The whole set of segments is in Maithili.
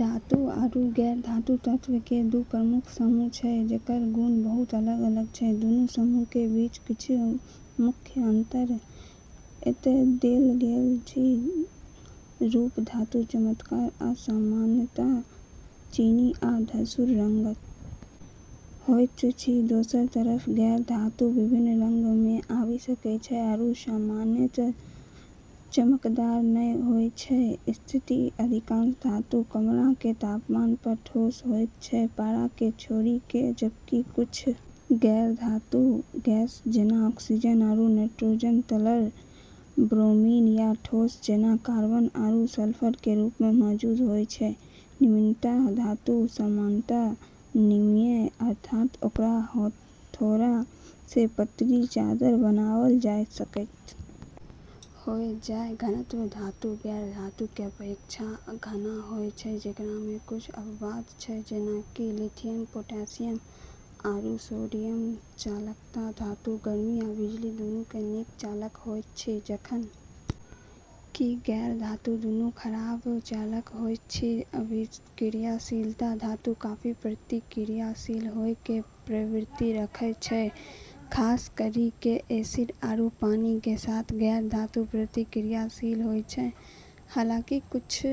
धातु आरू गैर-धातु तत्वऽ के दू प्रमुख समूह छै जेकरऽ गुण बहुत अलग-अलग छै, दूनू समूहक बीच किछु मुख्य अंतर एतय देल गेल छै, रूप धातु चमकदार आ सामान्यत चानी या धूसर रंगक होइत अछि दोसरऽ तरफ गैर-धातु विभिन्न रंगऽ मे आबी सकै छै आरू सामान्यतः चमकदार नै होय छै, स्थित अधिकांश धातु कमरा के तापमान पर ठोस होइत छै पारा के छोड़ी के जबकि कुछ गैर-धातु गैस जैना ऑक्सीजन आरू नाइट्रोजन तरल ब्रोमीन या ठोस जैना कार्बन आरू सल्फर के रूप मे मौजूद होय छै, नमनीयता धातु सामान्यत नमनीय अर्थात ओकरा हथौड़ा सँ पतली चादर बनाओल जा सकैत होय जाय, घनत्व धातु गैर-धातु के अपेक्षा घना होय छै जेकरा मे कुछ अपवाद छै जेना कि लिथियम, पोटेशियम आरू सोडियम चालकता धातु गर्मी आ बिजली दुनू के नीक चालक होइत अछि जखन कि गैर-धातु दुनू खराब चालक होइत अछि अभिक्रियाशीलता धातु काफी प्रतिक्रियाशील होय के प्रवृत्ति रखै छै खास करी के एसिड आरू पानी के साथ गैर-धातु प्रतिक्रियाशील होय छै, हालांकि कुछ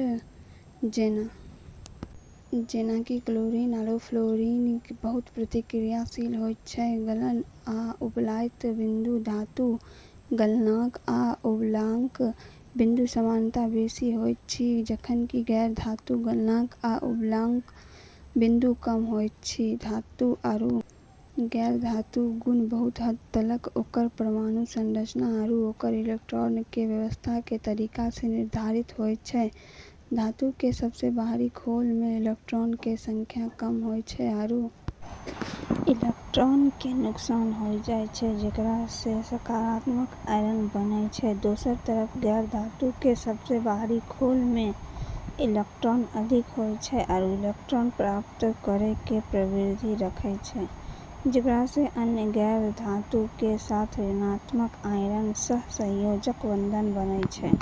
जेना कि क्लोरीन आरू फ्लोरीन, बहुत प्रतिक्रियाशील होइत छै, गलन आ उबलैत बिन्दु धातुक गलनांक आ उबलाँक बिन्दु सामान्यतः बेसी होइत अछि जखन कि गैर-धातुक गलनांक आ उबलाँक बिन्दु कम होइत अछि धातु आरू गैर-धातु गुण बहुत हद तलक ओकरऽ परमाणु संरचना आरू ओकरऽ इलेक्ट्रॉन के व्यवस्था के तरीका से निर्धारित होय छै, धातु के सबसें बाहरी खोल मे इलेक्ट्रॉन केरऽ संख्या कम होय छै आरू इलेक्ट्रॉन के नुकसान होय जाय छै जेकरा से सकारात्मक आयन बने छै, दोसरऽ तरफ गैर-धातु के सबसें बाहरी खोल मे इलेक्ट्रॉन अधिक होय छै आरू इलेक्ट्रॉन प्राप्त करै के प्रवृधि रखै छै जेकरा से अन्य गैर-धातु के साथ ऋणात्मक आयन या सहसंयोजक बंधन बने छै।